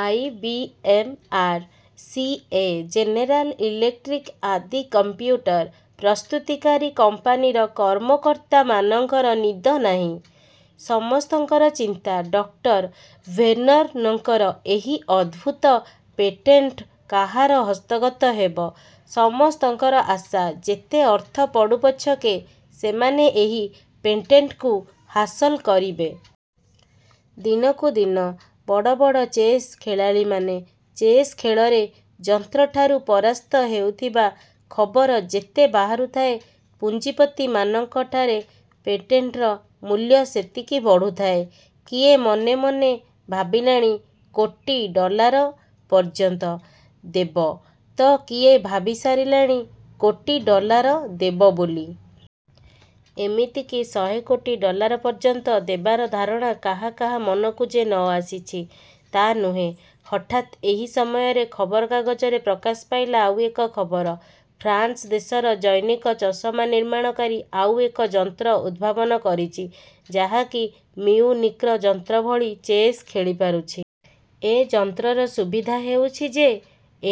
I. B. M. R: C. A., general electric ଆଦି computer ପ୍ରସ୍ତୁତିକାରୀ କମ୍ପାନୀର କର୍ମକର୍ତ୍ତାମାନଙ୍କରନିଦ ନାହିଁ। ସମସ୍ତଙ୍କର ଚିନ୍ତା ଡକ୍ଟର ଭେର୍ନନ୍ଙ୍କର ଏହି ଅଦ୍ଭୁତ ପେଟେଣ୍ଟ କାହାର ହସ୍ତଗତ ହେବ? ସମସ୍ତଙ୍କର ଆଶା, ଯେତେ ଅର୍ଥ ପଡ଼ୁପଛକେ ସେମାନେ ଏହି ପେଟେଣ୍ଟକୁ ହାସଲ କରିବେ। ଦିନକୁ ଦିନ ବଡ଼ ବଡ଼ ଚେସ୍ ଖେଳାଳୀମାନେ ଚେସ୍ ଖେଳରେ ଯନ୍ତ୍ରଠାରୁ ପରାସ୍ତ ହେଉଥିବା ଖବର ଯେତେ ବାହାରୁଥାଏ, ପୁଞ୍ଜିପତିମାନଙ୍କ ଠାରେ ପେଟେଣ୍ଟର ମୂଲ୍ୟ ସେତିକି ବଢ଼ୁଥାଏ। କିଏ ମନେ ମନେ ଭାବିଲାଣି କୋଟି ଡଲାର ପର୍ଯ୍ୟନ୍ତ ଦେବ ତ କିଏ ଭାବି ସାରିଲାଣି କୋଟି ଡଲାର ଦେବ ବୋଲି। ଏମିତିକି ଶହେ କୋଟି ଡଲାର ପର୍ଯ୍ୟନ୍ତ ଦେବାର ଧାରଣା କାହା କାହା ମନକୁ ଯେ ନ ଆସିଛି, ତା ନୁହେଁ-। ହଠାତ୍ ଏହି ସମୟରେ ଖବରକାଗଜରେ ପ୍ରକାଶ ପାଇଲା ଆଉ ଏକ ଖବର। ଫ୍ରାନ୍ସ ଦେଶର ଜନୈକ ଚଷମାନିର୍ମାଣକାରୀ ଆଉ ଏକ ଯନ୍ତ୍ର ଉଦ୍ଭାବନ କରିଛି; ଯାହାକି ମିଉନିକ୍ର ଯନ୍ତ୍ର ଭଳି ଚେସ୍ ଖେଳିପାରୁଛି। ଏ ଯନ୍ତ୍ରର ସୁବିଧା ହେଉଛି ଯେ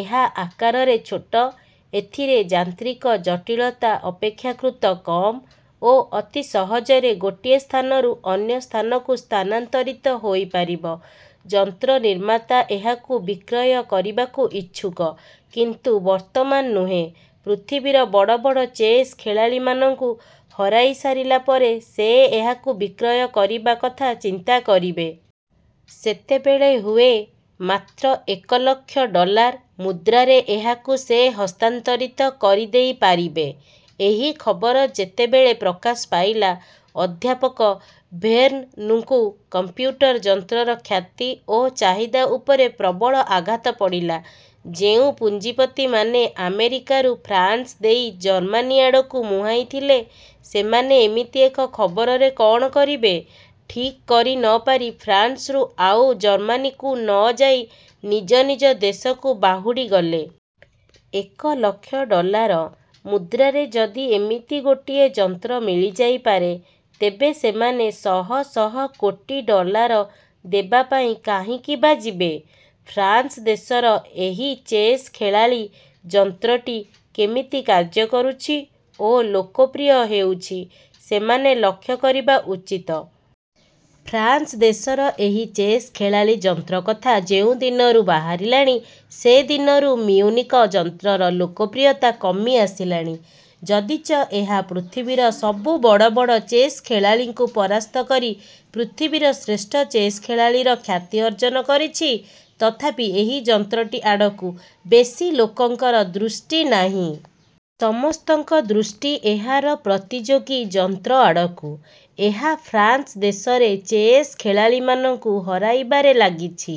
ଏହା ଆକାରରେ ଛୋଟ, ଏଥିରେ ଯାନ୍ତ୍ରିକ ଜଟିଳତା ଅପେକ୍ଷାକୃତ କମ୍ ଓ ଅତି ସହଜରେ ଗୋଟିଏ ସ୍ଥାନରୁ ଅନ୍ୟ ସ୍ଥାନକୁ ସ୍ଥାନାନ୍ତରିତ ହୋଇପାରିବ। ଯନ୍ତ୍ରନିର୍ମାତା ଏହାକୁ ବିକ୍ରୟ କରିବାକୁ ଇଚ୍ଛୁକ; କିନ୍ତୁ ବର୍ତ୍ତମାନ ନୁହେ। ପୃଥିବୀର ବଡ଼ ବଡ଼ ଚେସ୍ ଖେଳାଳୀମାନଙ୍କୁ ହରାଇସାରିଲା ପରେ ସେ ଏହାକୁ ବିକ୍ରୟ କରିବା କଥା ଚିନ୍ତାକରିବେ। ସେତେବେଳେ ହୁଏ ମାତ୍ର ଏକ ଲକ୍ଷ ଡଲାର ମୁଦ୍ରାରେ ଏହାକୁ ସେ ହସ୍ତାନ୍ତରିତ କରିଦେଇପାରିବେ। ଏହି ଖବର ଯେତେବେଳେ ପ୍ରକାଶ ପାଇଲା, ଅଧ୍ୟାପକ ଭେର୍ନନ୍ଙ୍କ କଂପ୍ୟୁଟର ଯନ୍ତ୍ରର ଖ୍ୟାତି ଓ ଚାହିଦା ଉପରେ ପ୍ରବଳ ଆଘାତ ପଡ଼ିଲା। ଯେଉଁ ପୁଞ୍ଜିପତିମାନେ ଆମେରିକାରୁ ଫ୍ରାନ୍ସ ଦେଇ ଜର୍ମାନୀ ଆଡ଼କୁ ମୁହାଁଇଥିଲେ, ସେମାନେ ଏମିତି ଏକ ଖବରରେ କଣ କରିବେ ଠିକ୍ କରି ନ ପାରି ଫ୍ରାନ୍ସରୁ ଆଉ ଜର୍ମାନୀକୁ ନ ଯାଇ ନିଜ ନିଜ ଦେଶକୁ ବାହୁଡ଼ିଗଲେ। ଏକ ଲକ୍ଷ ଡଲାର ମୁଦ୍ରାରେ ଯଦି ଏମିତି ଗୋଟିଏ ଯନ୍ତ୍ର ମିଳିଯାଇପାରେ, ତେବେ ସେମାନେ ଶହ ଶହ କୋଟି ଡଲାର ଦେବା ପାଇଁ କାହିଁକି ବା ଯିବେ? ଫ୍ରାନ୍ସ ଦେଶର ଏହି ଚେସ୍ ଖେଳାଳୀ ଯନ୍ତ୍ରଟି କେମିତି କାର୍ଯ୍ୟ କରୁଛି ଓ ଲୋକପ୍ରିୟ ହେଉଛି, ସେମାନେ ଲକ୍ଷ୍ୟ କରିବା ଉଚିତ। ଫ୍ରାନ୍ସ ଦେଶର ଏହି ଚେସ୍ ଖେଳାଳୀ ଯନ୍ତ୍ର କଥା ଯେଉଁ ଦିନରୁ ବାହାରିଲାଣି, ସେଦିନରୁ ମିଉନିକ ଯନ୍ତ୍ରର ଲୋକପ୍ରିୟତା କମିଆସିଲାଣି। ଯଦିଚ ଏହା ପୃଥିବୀର ସବୁ ବଡ଼ ବଡ଼ ଚେସ୍ଖେଳାଳୀଙ୍କୁ ପରାସ୍ତ କରି ପୃଥିବୀର ଶ୍ରେଷ୍ଠ ଚେସ୍ ଖେଳାଳୀର ଖ୍ୟାତି ଅର୍ଜନ କରିଛି, ତଥାପି ଏହି ଯନ୍ତ୍ରଟି ଆଡ଼କୁ ବେଶୀ ଲୋକଙ୍କର ଦୃଷ୍ଟି ନାହିଁ। ସମସ୍ତଙ୍କ ଦୃଷ୍ଟି ଏହାର ପ୍ରତିଯୋଗୀ ଯନ୍ତ୍ରଆଡ଼କୁ। ଏହା ଫ୍ରାନ୍ସଦେଶରେ ଚେସ୍ ଖେଳାଳୀମାନଙ୍କୁ ହରାଇବାରେ ଲାଗିଛି।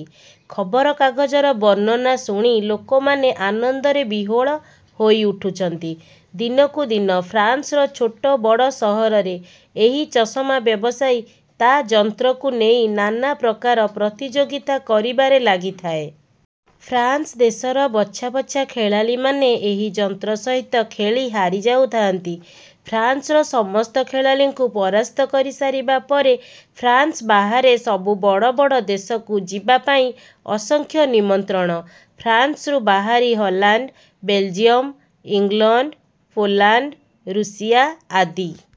ଖବରକାଗଜର ବର୍ଣ୍ଣନା ଶୁଣି ଲୋକମାନେ ଆନନ୍ଦରେ ବିହୋଳ ହୋଇଉଠୁଛନ୍ତି। ଦିନକୁ ଦିନ ଫ୍ରାନ୍ସର ଛୋଟ ବଡ଼ ସହରରେ ଏହି ଚଷମା-ବ୍ୟବସାୟୀ ତା ଯନ୍ତ୍ରକୁ ନେଇ ନାନା ପ୍ରକାର ପ୍ରତିଯୋଗିତା କରିବାରେ ଲାଗିଥାଏ। ଫ୍ରାନ୍ସ ଦେଶର ବଛା ବଛା ଖେଳାଳୀମାନେ ଏହି ଯନ୍ତ୍ର ସହିତ ଖେଳି ହାରିଯାଉଥାନ୍ତି। ଫ୍ରାନ୍ସର ସମସ୍ତ ଖେଳାଳୀଙ୍କୁ ପରାସ୍ତ କରି ସାରିବା ପରେ ଫ୍ରାନ୍ସ ବାହାରେ ସବୁ ବଡ଼ ବଡ଼ ଦେଶକୁ ଯିବା ପାଇଁ ଅସଂଖ୍ୟ ନିମନ୍ତ୍ରଣ। ଫ୍ରାନ୍ସରୁ ବାହାରି Holland, Belgium, England, Poland, Russia. ଆଦି